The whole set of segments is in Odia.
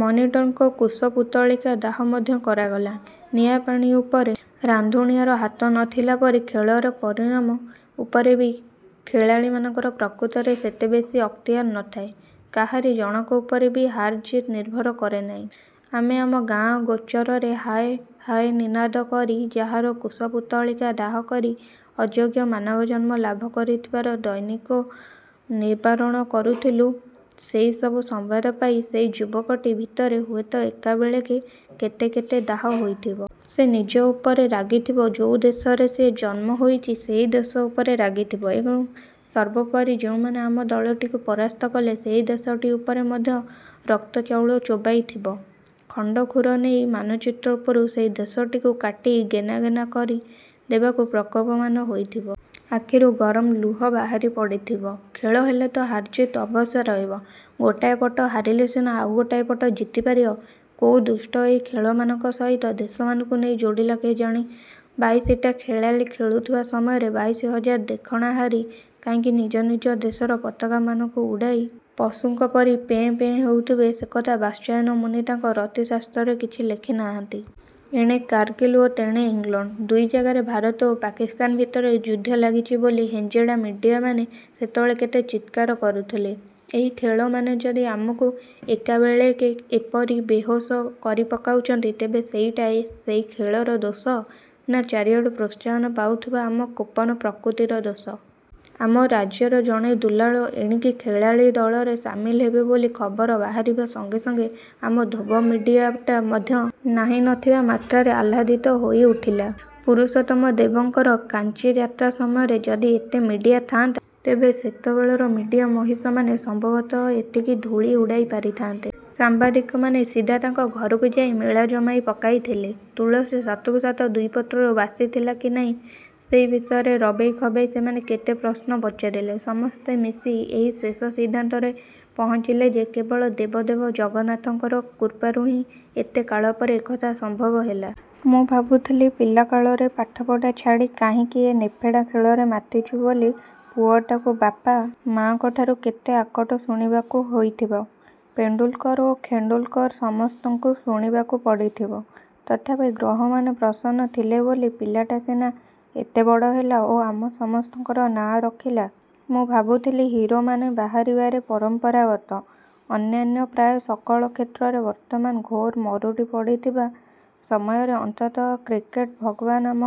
ମନିଟରଙ୍କର କୁଶପୁତ୍ତଳିକା ଦାହ ମଧ୍ୟ କରାଗଲା। ନିଆଁ ପାଣି ଉପରେ ରାନ୍ଧୁଣିଆର ହାତ ନ ଥିଲା ପରି ଖେଳରେ ପରିଣାମ ଉପରେ ବି ଖେଳାଳିମାନଙ୍କର ପ୍ରକୃତରେ ସେତେ ବେଶୀ ଅକ୍ତିଆର ନଥାଏ, କାହାରି ଜଣକ ଉପରେ ବି ହାରଜିତ୍ ନିର୍ଭର କରେନାହିଁ। ଆମେ ଆମ ଗାଆଁ ଗୋଚରରେ ହାୟ ହାୟ ନିନାଦ କରି ଯାହାର କୁଶପୁତ୍ତଳିକା ଦାହ କରି ଅଯୋଗ୍ୟ ମାନବଜନ୍ମ ଲାଭ କରିଥିବାର ଦୈନ୍ୟକୁ ନିବାରଣ କରୁଥିଲୁ, ସେହିସବୁ ସମ୍ବାଦ ପାଇ ସେହି ଯୁବକଟି ଭିତରେ ହୁଏତ ଏକାବେଳେକେ କେତେ କେତେ ଦାହ ହୋଇଥିବ। ସେ ନିଜ ଉପରେ ରାଗିଥିବ ଯୋଉ ଦେଶରେ ସିଏ ଜନ୍ମ ହୋଇଛି, ସେହି ଦେଶ ଉପରେ ରାଗିଥିବ ଏବଂ ସର୍ବୋପରି ଯେଉଁମାନେ ଆମ ଦଳଟିକୁ ପରାସ୍ତ କଲେ, ସେହି ଦେଶଟି ଉପରେ ମଧ୍ୟ ରକତଚାଉଳ ଚୋବାଇଥିବ। ଖଣ୍ଡ କ୍ଷୁର ନେଇ ମାନଚିତ୍ର ଉପରୁ ସେହି ଦେଶଟିକୁ କାଟି ଗେନା ଗେନା କରି ଦେବାକୁ ପ୍ରକୋପମାନ ହୋଇଥିବ। ଆଖିରୁ ଗରମ ଲୁହ ବାହାରି ପଡ଼ିଥିବ। ଖେଳ ହେଲେ ତ ହାରଜିତ୍ ଅବଶ୍ୟ ରହିବ। ଗୋଟାଏ ପଟ ହାରିଲେ ସିନା ଆଉ ଗୋଟାଏ ପଟ ଜିତିପାରିବ? କୋଉ ଦୁଷ୍ଟ ଏହି ଖେଳମାନଙ୍କ ସହିତ ଦେଶମାନଙ୍କୁ ନେଇ ଯୋଡ଼ିଲା କେଜାଣି? ବାଇଶିଟା ଖେଳାଳି ଖେଳୁଥିବା ସମୟରେ ବାଇଶି ହଜାର ଦେଖଣାହାରି କାହିଁକି ନିଜ ନିଜ ଦେଶର ପତାକାମାନଙ୍କୁ ଉଡ଼ାଇ ପଶୁଙ୍କ ପରି ପେଁ ପେଁ ହେଉଥିବେ ସେ କଥା ବାତ୍ସାୟନ ମୁନି ତାଙ୍କ ରତିଶାସ୍ତ୍ରରେ କିଛି ଲେଖିନାହାନ୍ତି। ଏଣେ କାରଗିଲ୍ ଓ ତେଣେ ଇଂଲଣ୍ଡ, ଦୁଇ ଜାଗାରେ ଭାରତ ଓ ପାକିସ୍ତାନ ଭିତରେ ଯୁଦ୍ଧ ଲାଗିଛି ବୋଲି ହେଞ୍ଜେଡ଼ା ମିଡ଼ିଆମାନେ ସେତେବେଳେ କେତେ ଚିତ୍କାର କରୁଥିଲେ। ଏହି ଖେଳମାନେ ଯଦି ଆମକୁ ଏକାବେଳେକେ ଏପରି ବେହୋସ କରି ପକାଉଛନ୍ତି, ତେବେ ସେଇଟା ସେହି ଖେଳର ଦୋଷ ନା ଚାରିଆଡୁ ପ୍ରୋତ୍ସାହନ ପାଉଥିବା ଆମ କୋପନ ପ୍ରକୃତିର ଦୋଷ? ଆମ ରାଜ୍ୟର ଜଣେ ଦୁଲାଳ ଏଣିକି ଖେଳାଳି ଦଳରେ ସାମିଲ ହେବେ ବୋଲି ଖବର ବାହାରିବା ସଂଗେ ସଂଗେ ଆମ ଧୋବ ମିଡ଼ିଆଟା ମଧ୍ୟ ନାହିଁନଥିବା ମାତ୍ରାରେ ଆହ୍ଲାଦିତ ହୋଇଉଠିଲା। ପୁରୁଷୋତ୍ତମ ଦେବଙ୍କର କାଞ୍ଚିଯାତ୍ରା ସମୟରେ ଯଦି ଏତେ ମିଡ଼ିଆ ଥାଆନ୍ତା, ତେବେ ସେତେବେଳର ମିଡ଼ିଆ ମହିଷମାନେ ସମ୍ଭବତଃ ଏତିକି ଧୂଳି ଉଡ଼ାଇ ପାରିଥାନ୍ତେ। ସାମ୍ବାଦିକମାନେ ସିଧା ତାଙ୍କ ଘରକୁ ଯାଇ ମେଳା ଜମାଇ ପକାଇଥିଲେ। ତୁଳସୀ ସତକୁ ସତ ଦୁଇ ପତ୍ରରୁ ବାସିଥିଲା କି ନାହିଁ, ସେହି ବିଷୟରେ ରବେଇ ଖବେଇ ସେମାନେ କେତେ ପ୍ରଶ୍ନ ପଚାରିଲେ। ସମସ୍ତେ ମିଶି ଏହି ଶେଷ ସିଦ୍ଧାନ୍ତରେ ପହଞ୍ଚିଲେ ଯେ କେବଳ ଦେବ ଦେବ ଜଗନ୍ନାଥଙ୍କର କୃପାରୁ ହିଁ ଏତେ କାଳପରେ ଏକଥା ସମ୍ଭବ ହେଲା। ମୁଁ ଭାବୁଥିଲି ପିଲାକାଳରେ ପାଠପଢ଼ା ଛାଡ଼ି କାହିଁକି ଏ ନେଫେଡ଼ା ଖେଳରେ ମାତିଛୁ ବୋଲି ପୁଅଟାକୁ ବାପା, ମାଆଙ୍କ ଠାରୁ କେତେ ଆକଟ ଶୁଣିବାକୁ ହୋଇଥିବ। ପେଣ୍ଡୁଲକର ଓ ଖେଣ୍ଡୁଲକର ସମସ୍ତଙ୍କୁ ଶୁଣିବାକୁ ପଡ଼ିଥିବ । ତଥାପି ଗ୍ରହମାନେ ପ୍ରସନ୍ନ ଥିଲେ ବୋଲି ପିଲାଟା ସିନା ଏତେବଡ଼ ହେଲା ଓ ଆମ ସମସ୍ତଙ୍କର ନାଆଁ ରଖିଲା, ମୁଁ ଭାବୁଥିଲି ହିରୋମାନେ ବାହାରିବାରେ ପରମ୍ପରାଗତ ଅନ୍ୟାନ୍ୟ ପ୍ରାୟ ସକଳ କ୍ଷେତ୍ରରେ ବର୍ତ୍ତମାନ ଘୋର ମରୁଡ଼ି ପଡ଼ିଥିବା ସମୟରେ ଅନ୍ତତଃ କ୍ରିକେଟ ଭଗବାନ ଆମ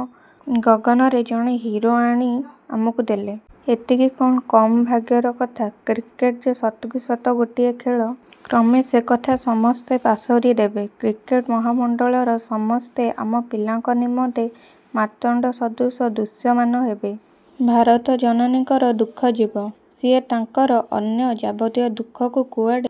ଗଗନରେ ଜଣେ ହିରୋ ଆଣି ଆମକୁ ଦେଲେ। ଏତିକି କଣ କମ୍ ଭାଗ୍ୟର କଥା? କ୍ରିକେଟ ଯେ ସତକୁ ସତ ଗୋଟିଏ ଖେଳ, କ୍ରମେ ସେ କଥା ସମସ୍ତେ ପାସୋରିଦେବେ। କ୍ରିକେଟ ମହାମଣ୍ଡଳର ସମସ୍ତେ ଆମ ପିଲାଙ୍କ ନିମନ୍ତେ ମାର୍ତ୍ତଣ୍ଡ ସଦୃଶ ଦୃଶ୍ୟମାନ ହେବେ। ଭାରତ ଜନନୀଙ୍କର ଦୁଃଖ ଯିବ। ସିଏ ତାଙ୍କର ଅନ୍ୟ ଯାବତୀୟ ଦୁଃଖକୁ କୁଆଡ଼େ